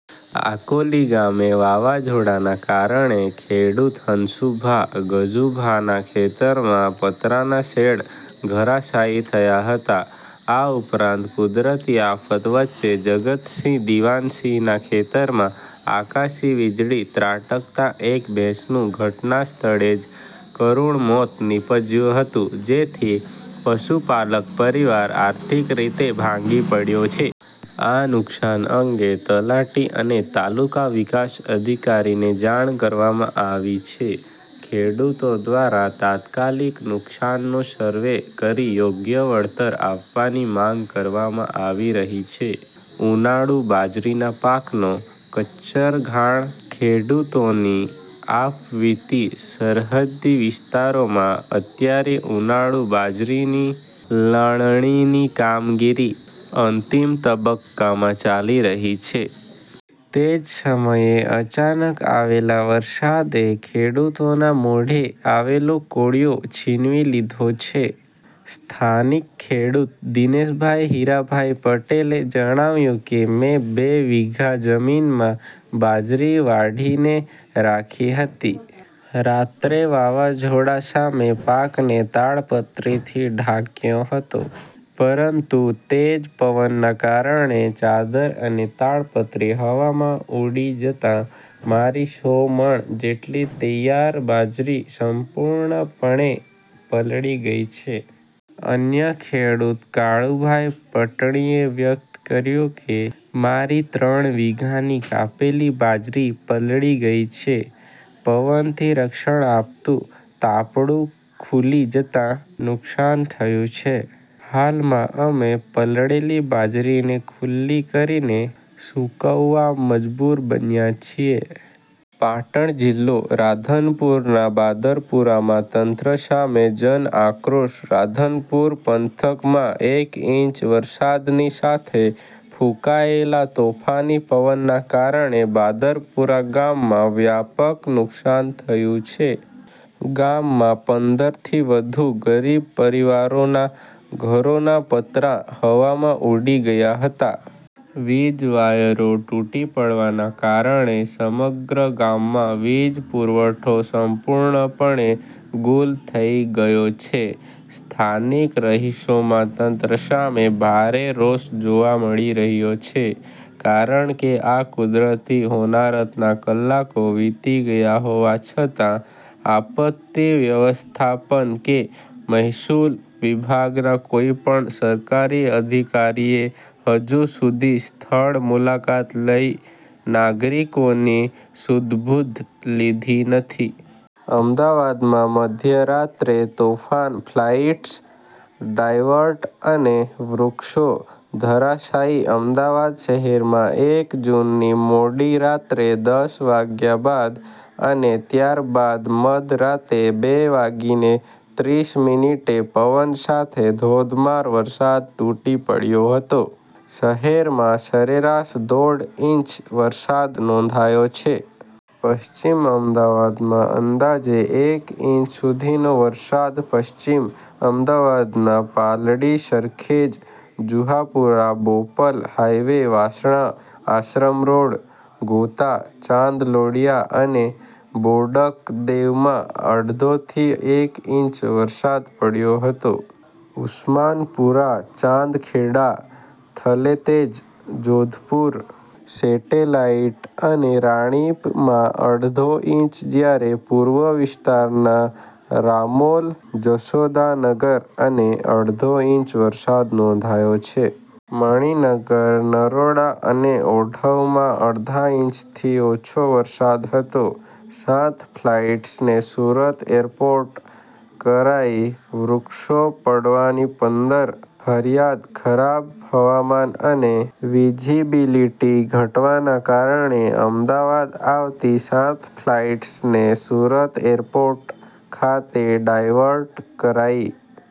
આકોલી ગામે વાવાઝોડાના કારણે ખેડૂત હંસુભા ગજુભાના ખેતરમાં પતરાના શેડ ધરાશાયી થયા હતા. આ ઉપરાંત, કુદરતી આફત વચ્ચે જગતસિંહ દિવાનસિંહના ખેતરમાં આકાશી વીજળી ત્રાટકતાં એક ભેંસનું ઘટનાસ્થળે જ કરુણ મોત નીપજ્યું હતું, જેથી પશુપાલક પરિવાર આર્થિક રીતે ભાંગી પડ્યો છે. આ નુકસાન અંગે તલાટી અને તાલુકા વિકાસ અધિકારીને જાણ કરવામાં આવી છે. ખેડૂતો દ્વારા તાત્કાલિક નુકસાનનો સર્વે કરી યોગ્ય વળતર આપવાની માંગ કરવામાં આવી રહી છે. ઉનાળુ બાજરીના પાકનો કચ્ચરઘાણ: ખેડૂતોની આપવીતી સરહદી વિસ્તારોમાં અત્યારે ઉનાળુ બાજરીની લણણી ની કામગીરી અંતિમ તબક્કામાં ચાલી રહી છે. તે જ સમયે અચાનક આવેલા વરસાદે ખેડૂતોના મોઢે આવેલો કોળિયો છીનવી લીધો છે. સ્થાનિક ખેડૂત દિનેશભાઈ હીરાભાઈ પટેલે જણાવ્યું કે, મેં બે વીઘા જમીનમાં બાજરી વાઢીને રાખી હતી. રાત્રે વાવાઝોડા સામે પાકને તાડપત્રીથી ઢાંક્યો હતો, પરંતુ તેજ પવનના કારણે ચાદર અને તાડપત્રી હવામાં ઊડી જતાં મારી સો મણ જેટલી તૈયાર બાજરી સંપૂર્ણપણે પલળી ગઈ છે. અન્ય ખેડૂત કાળુભાઈ પટણીએ વ્યક્ત કર્યું કે, મારી ત્રણ વીઘાની કાપેલી બાજરી પલળી ગઈ છે. પવનથી રક્ષણ આપતું તાપડું ખુલી જતાં નુકસાન થયું છે, હાલમાં અમે પલળેલી બાજરીને ખુલ્લી કરીને સુકવવા મજબૂર બન્યા છીએ. પાટણ જિલ્લો: રાધનપુરના બાદરપુરામાં તંત્ર સામે જનઆક્રોશ રાધનપુર પંથકમાં એક ઇંચ વરસાદની સાથે ફૂંકાયેલા તોફાની પવનના કારણે બાદરપુરા ગામમાં વ્યાપક નુકસાન થયું છે. ગામમાં પંદર થી વધુ ગરીબ પરિવારોના ઘરોના પતરાં હવામાં ઊડી ગયા હતા. વીજ વાયરો તૂટી પડવાના કારણે સમગ્ર ગામમાં વીજ પુરવઠો સંપૂર્ણપણે ગુલ થઈ ગયો છે. સ્થાનિક રહીશોમાં તંત્ર સામે ભારે રોષ જોવા મળી રહ્યો છે, કારણ કે આ કુદરતી હોનારતના કલાકો વીતી ગયા હોવા છતાં આપત્તિ વ્યવસ્થાપન કે મહેસૂલ વિભાગના કોઈ પણ સરકારી અધિકારીએ હજુ સુધી સ્થળ મુલાકાત લઈ નાગરિકોની સુધબુધ લીધી નથી. અમદાવાદમાં મધ્યરાત્રે તોફાન, ફ્લાઇટ્સ ડાયવર્ટ અને વૃક્ષો ધરાશાયી અમદાવાદ શહેરમાં એક જૂનની મોડી રાત્રે દસ વાગ્યા બાદ અને ત્યારબાદ મધરાતે બે વાગીને ત્રીસ મીનીટે પવન સાથે ધોધમાર વરસાદ તૂટી પડ્યો હતો. શહેરમાં સરેરાશ દોઢ ઇંચ વરસાદ નોંધાયો છે. પશ્ચિમ અમદાવાદમાં અંદાજે એક ઈંચ સુધીનો વરસાદ પશ્ચિમ અમદાવાદના પાલડી, સરખેજ, જુહાપુરા, બોપલ, હાઇવે, વાસણા, આશ્રમરોડ, ગોતા, ચાંદલોડિયા અને બોડકદેવમાં અડધો થી એક ઇંચ વરસાદ પડ્યો હતો. ઉસ્માનપુરા, ચાંદખેડા, થલતેજ, જોધપુર, સેટેલાઈટ અને રાણીપમાં અડધો ઇંચ જ્યારે પૂર્વ વિસ્તારના રામોલ, જશોદાનગર અને અડધો ઇંચ વરસાદ નોંધાયો છે. મણિનગર, નરોડા અને ઓઢવમાં અડધા ઇંચથી ઓછો વરસાદ હતો. સાત ફ્લાઇટ્સને સુરત એરપોર્ટ કરાઈ, વૃક્ષો પડવાની પંદર ફરિયાદ ખરાબ હવામાન અને વિઝિબિલિટી ઘટવાના કારણે અમદાવાદ આવતી સાત ફ્લાઇટ્સને સુરત એરપોર્ટ ખાતે ડાયવર્ટ કરાઈ.